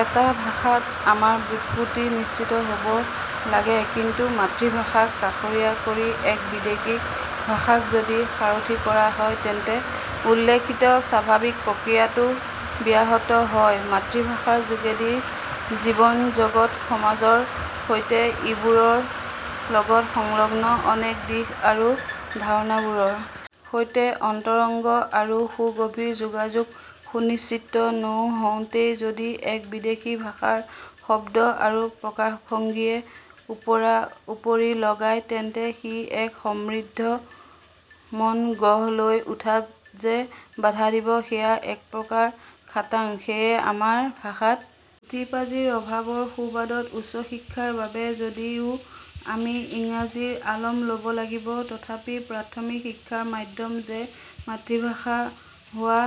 এটা ভাষাত আমাৰ ব্যুৎপত্তি নিশ্চিত হব লাগেকিন্তু মাতৃভাষাক কাষৰীয়া কৰি এক বিদেশী ভাষাক যদি সাৰথি কৰা হয় তেন্তে উল্লেখিত স্বাভাৱিক প্ৰক্ৰিয়াটো ব্যাহত হয়মাতৃভাষাৰ যোগেদি জীৱনজগতসমাজৰ সৈতে ইবোৰৰ লগত সংলগ্ন অনেক দিশ আৰু ধাৰণাবোৰৰ সৈতে অন্তৰংগ আৰু সুগভীৰ যোগাযোগ সুনিশ্চিত নৌ হওঁতেই যদি এক বিদেশী ভাষাৰ শব্দ আৰু প্ৰকাশভংগীয়ে ওপৰাউপৰি লগায় তেন্তে সি এক সমৃদ্ধ মন গঢ় লৈ উঠাত যে বাধা দিব সেয়া একপ্ৰকাৰ খাটাংসেয়ে আমাৰ ভাষাত পুথিপাঁজিৰ অভাৱৰ সুবাদত উচ্চশিক্ষাৰ বাবে যদিও আমি ইংৰাজীৰ আলম লব লাগিব তথাপি প্ৰাথমিক শিক্ষাৰ মাধ্যম যে মাতৃভাষা হোৱা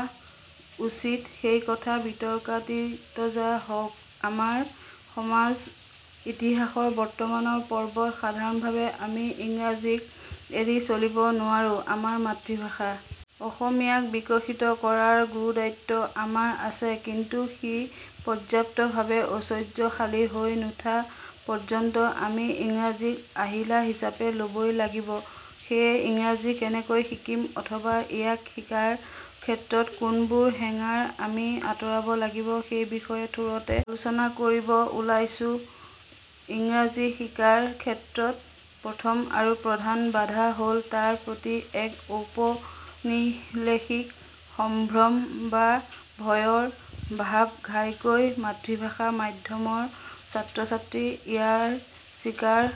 উচিত সেইকথা বিতৰ্কাতীতযা হওক আমাৰ সমাজইতিহাসৰ বৰ্তমানৰ পৰ্বত সাধাৰণভাৱে আমি ইংৰাজীক এৰি চলিব নোৱাৰোঁআমাৰ মাতৃভাষা অসমীয়াক বিকশিত কৰাৰ গুৰুদায়িত্ব আমাৰ আছে কিন্তু সি পৰ্যাপ্তভাৱে ঐশ্বৰ্যশালী হৈ নুঠা পৰ্যন্ত আমি ইংৰাজীক আহিলা হিচাপে লবই লাগিবসেয়ে ইংৰাজী কেনেকৈ শিকিম অথবা ইয়াক শিকাৰ ক্ষেত্ৰত কোনবোৰ হেঙাৰ আমি আতৰাব লাগিব সেইবিষয়ে থোৰতে আলোচনা কৰিব ওলাইছোঁইংৰাজী শিকাৰ ক্ষেত্ৰত প্ৰথম আৰু প্ৰধান বাধা হল তাৰ প্ৰতি এক ঔপনিলেশিক সম্ভ্ৰম বা ভয়ৰ ভাৱঘাইকৈ মাতৃভাষা মাধ্যমৰ ছাত্ৰছাত্ৰী ইয়াৰ চিকাৰ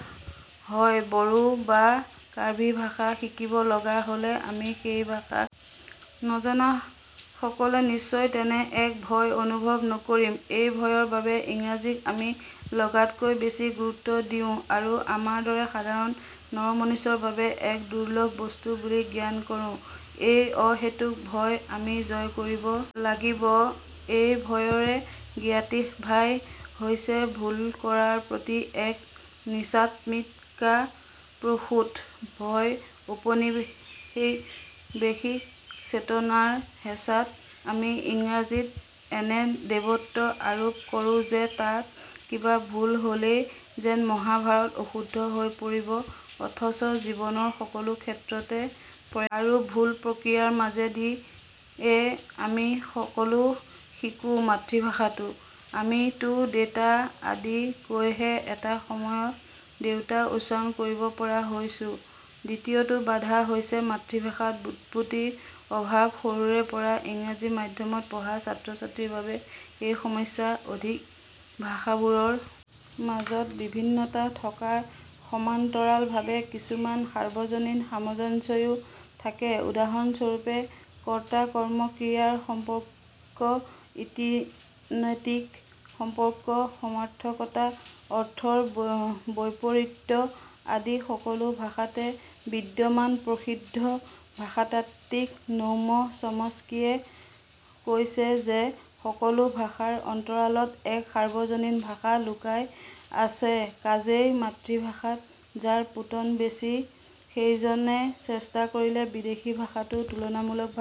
হয়বড়ো বা কাৰ্বি ভাষা শিকিব লগা হলে আমি সেই ভাষা নজনা সকলে নিশ্চয় তেনে এক ভয় অনুভৱ নকৰিমএই ভয়ৰ বাবে ইংৰাজীক আমি লগাতকৈ বেছি গুৰুত্ব দিওঁ আৰু আমাৰ দৰে সাধাৰণ নৰমনিচৰ বাবে এক দুৰ্লভ বস্তু বুলি জ্ঞান কৰোঁএই অহেতুক ভয় আমি জয় কৰিব লাগিবএই ভয়ৰে জ্ঞাতিভাই হৈছে ভুল কৰাৰ প্ৰতি এক নীচাত্মিকাপ্ৰসূত ভয়ঔপনিৱেশিক চেতনাৰ হেঁচাত আমি ইংৰাজীত এনে দেৱত্ব আৰোপ কৰোঁ যে তাত কিবা ভুল হলেই যেন মহাভাৰত অশুদ্ধ হৈ পৰিব অথচ জীৱনৰ সকলো ক্ষেত্ৰতে প্ৰয়াস আৰু ভুল প্ৰক্ৰিয়াৰ মাজেদিয়ে আমি সকলো শিকোঁমাতৃভাষাতো আমি তা দেতা আদি কৈহে এটা সময়ত দেউতা উচ্চাৰণ কৰিব পৰা হৈছোঁদ্বিতীয়টো বাধা হৈছে মাতৃভাষাত ব্যুৎপত্তিৰ অভাৱসৰুৰে পৰা ইংৰাজী মাধ্যমত পঢ়া ছাত্ৰছাত্ৰীৰ বাবে এই সমস্যা অধিকভাষাবোৰৰ মাজত বিভিন্নতা থকাৰ সমান্তৰালভাৱে কিছুমান সাৰ্বজনীন সামঞ্জস্যও থাকেউদাহৰণস্বৰূপে কৰ্তাকৰ্মক্ৰিয়াৰ সম্পৰ্ক ইতিনেতিৰ সম্পৰ্ক সমাৰ্থকতা অৰ্থৰ বৈপৰীত্য আদি সকলো ভাষাতে বিদ্যমানপ্ৰসিদ্ধ ভাষাতাত্ত্বিক নৌম চমস্কিয়ে কৈছে যে সকলো ভাষাৰ অন্তৰালত এক সৰ্বজনীন ভাষা লুকাই আছেকাজেই মাতৃভাষাত যাৰ পোতন বেছি সেইজনে চেষ্টা কৰিলে বিদেশী ভাষাতো তুলনামূলকভাৱে